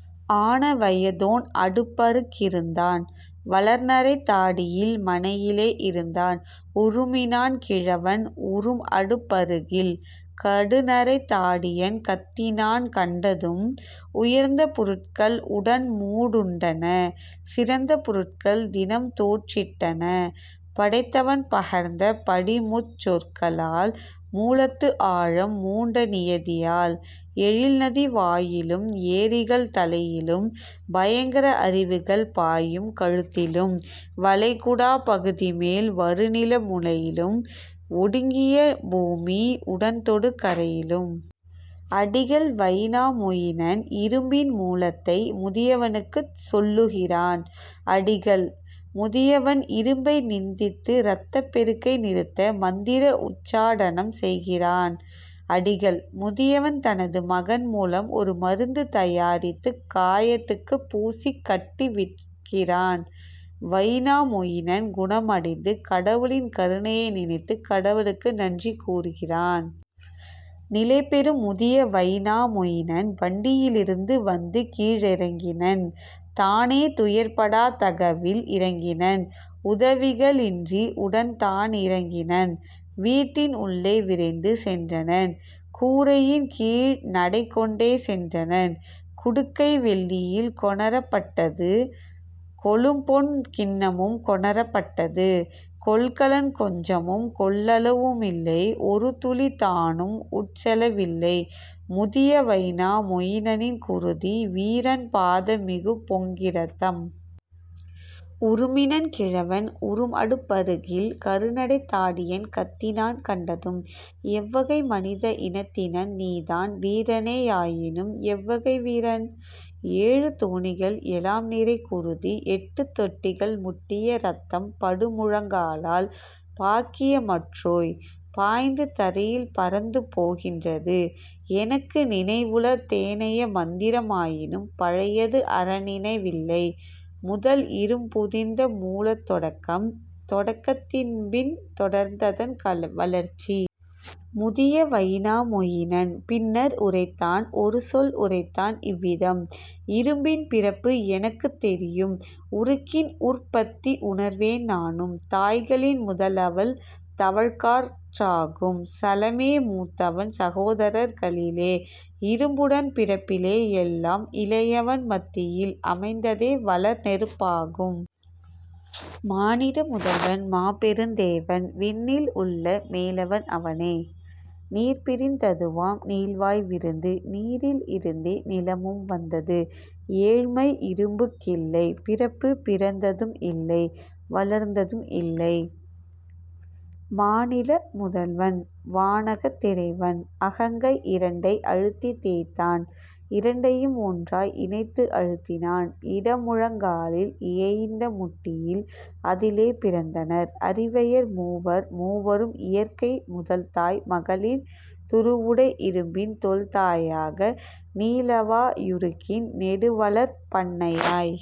" ஆன வயதோன் அடுப்பரு கிருந்தான்। வளர்நரைத் தாடியில் மணையிலே இருந்தான் உறுமினான் கிழவன் உறும்அடுப் பருகில் கடுநரைத் தாடியன் கத்தினான் கண்டதும்: "உயர்ந்த பொருட்கள் உடன்மூ டுண்டன சிறந்த பொருட்கள் தினம்தோற் றிட்டன படைத்தவன் பகர்ந்த படிமுச் சொற்களால் மூலத்து ஆழம் மூண்ட நியதியால்: எழில்நதி வாயிலும் ஏரிகள் தலையிலும் பயங்கர அருவிகள் பாயும் கழுத்திலும் வளைகுடாப் பகுதிமேல் வருநில முனையிலும் ஒடுங்கிய பூமி உடன்தொடு கரையிலும். " அடிகள் வைனாமொயினன் இரும்பின் மூலத்தை முதியவனுக்குச் சொல்லுகிறான். அடிகள்: முதியவன் இரும்பை நிந்தித்து இரத்தப் பெருக்கை நிறுத்த மந்திர உச்சாடனம் செய்கிறான். அடிகள்: முதியவன் தனது மகன் மூலம் ஒரு மருந்து தயாரித்துக் காயத்துக்குப் பூசிக் கட்டுவிக்கிறான். வைனாமொயினன் குணமடைந்து, கடவுளின் கருணையை நினைத்துக் கடவுளுக்கு நன்றி கூறுகிறான். நிலைபெறும் முதிய வைனா மொயினன் வண்டியி லிருந்து வந்துகீ ழிறங்கினன் தானே துயர்ப்படாத் தகவில் இறங்கினன் உதவிக ளின்றி உடன்தா னிறங்கினன் வீட்டின் உள்ளே விரைந்து சென்றனன் கூரையின் கீழ்நடை கொண்டே சென்றனன். குடுக்கை வெள்ளியில் கொணரப் பட்டது கொளும்பொன் கிண்ணமும் கொணரப் பட்டது. கொள்கலன் கொஞ்சமும் கொள்ளவு மில்லை ஒருதுளி தானும் உட்செல வில்லை முதிய வைனா மொயினனின் குருதி வீரன் பாத மிகுபொங் கிரத்தம். உறுமினன் கிழவன் உறும்அடுப் பருகில் கடுநரைத் தாடியன் கத்தினான் கண்டதும்: "எவ்வகை மனித இனத்தினன் நீதான் வீரனே யாயினும் எவ்வகை வீரன்? ஏழு தோணிகள் எலாம்நிறை குருதி எட்டுத் தொட்டிகள் முட்டிய இரத்தம் படுமுழங் காலால் பாக்கிய மற்றோய், பாய்ந்து தரையில் பரந்துபோ கின்றது; எனக்கு நினைவுள தேனைய மந்திரம் ஆயினும் பழையது அறநினை வில்லை முதல்இரும் புதிந்த மூலத் தொடக்கம் தொடக்கத் தின்பின் தொடர்ந்ததன் வளர்ச்சி. " முதிய வைனா மொயினன் பின்னர் உரைத்தான் ஒருசொல் உரைத்தான் இவ்விதம்: "இரும்பின் பிறப்பு எனக்குத் தெரியும் உருக்கின்உற் பத்தி உணர்வேன் நானும் தாய்களின் முதலவள் தவழ்காற் றாகும் சலமே மூத்தவன் சகோதரர் களிலே இரும்புடன் பிறப்பிலே எல்லாம் இளையவன் மத்தியில் அமைந்ததே வளர்நெருப் பாகும். மானிட முதல்வன், மாபெருந் தேவன், விண்ணில் உள்ள மேலவன் அவனே, நீர்பிரிந் ததுவாம் நீள்வாய் விருந்து நீரில் இருந்தே நிலமும் வந்தது ஏழ்மை இரும்புக் கில்லைப் பிறப்பு பிறந்ததும் இல்லை வளர்ந்ததும் இல்லை. மானிட முதல்வன், வானகத் திறைவன், அகங்கை இரண்டை அழுத்தித் தேய்த்தான் இரண்டையும் ஒன்றாய் இணைத்து அழுத்தினான் இடமுழங் காலில் இயைந்த முட்டியில் அதிலே பிறந்தனர் அரிவையர் மூவர் மூவரும் இயற்கை முதல்தாய் மகளிர் துருவுடை இரும்பின் தொல்தா யாக நீலவா யுருக்கின் நெடுவளர்ப் பன்னையாய்.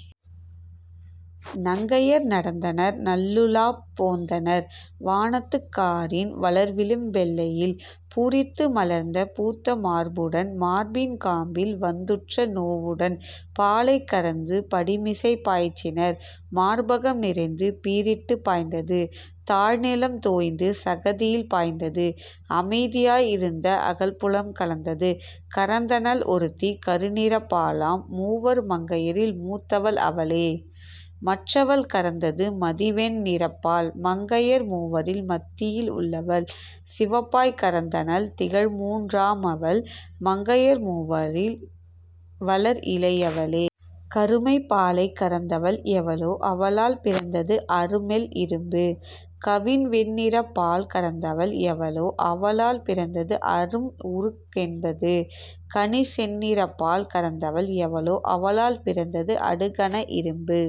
நங்கையர் நடந்தனர் நல்லுலாப் போந்தனர் வானத்துக் காரின் வளர்விளிம் பெல்லையில் பூரித்து மலர்ந்த பூத்த மார்புடன் மார்பின் காம்பில் வந்துற்ற நோவுடன்; பாலைக் கறந்து படிமிசைப் பாய்ச்சினர் மார்பகம் நிறைந்து பீரிட்டுப் பாய்ந்தது; தாழ்நிலம் தோய்ந்து சகதியில் பாய்ந்தது அமைதியாய் இருந்த அகல்புலம் கலந்தது. கறந்தனள் ஒருத்தி கருநிறப் பாலாம் மூவர்மங் கையரில் மூத்தவள் அவளே; மற்றவள் கறந்தது மதிவெண் ணிறப்பால் மங்கையர் மூவரில் மத்தியில் உள்ளவள்; சிவப்பாய் கறந்தனள் திகழ்மூன் றாமவள் மங்கையர் மூவரில் வளர்இளை யவளே. கருமைப் பாலைக் கறந்தவள் எவளோ அவளால் பிறந்தது அருமெல் இரும்பு; கவின்வெண் ணிறப்பால் கறந்தவள் எவளோ அவளால் பிறந்தது அரும்உருக் கென்பது; கனிசெந் நிறப்பால் கறந்தவள் எவளோ அவளால் பிறந்தது அடுகன இரும்பு.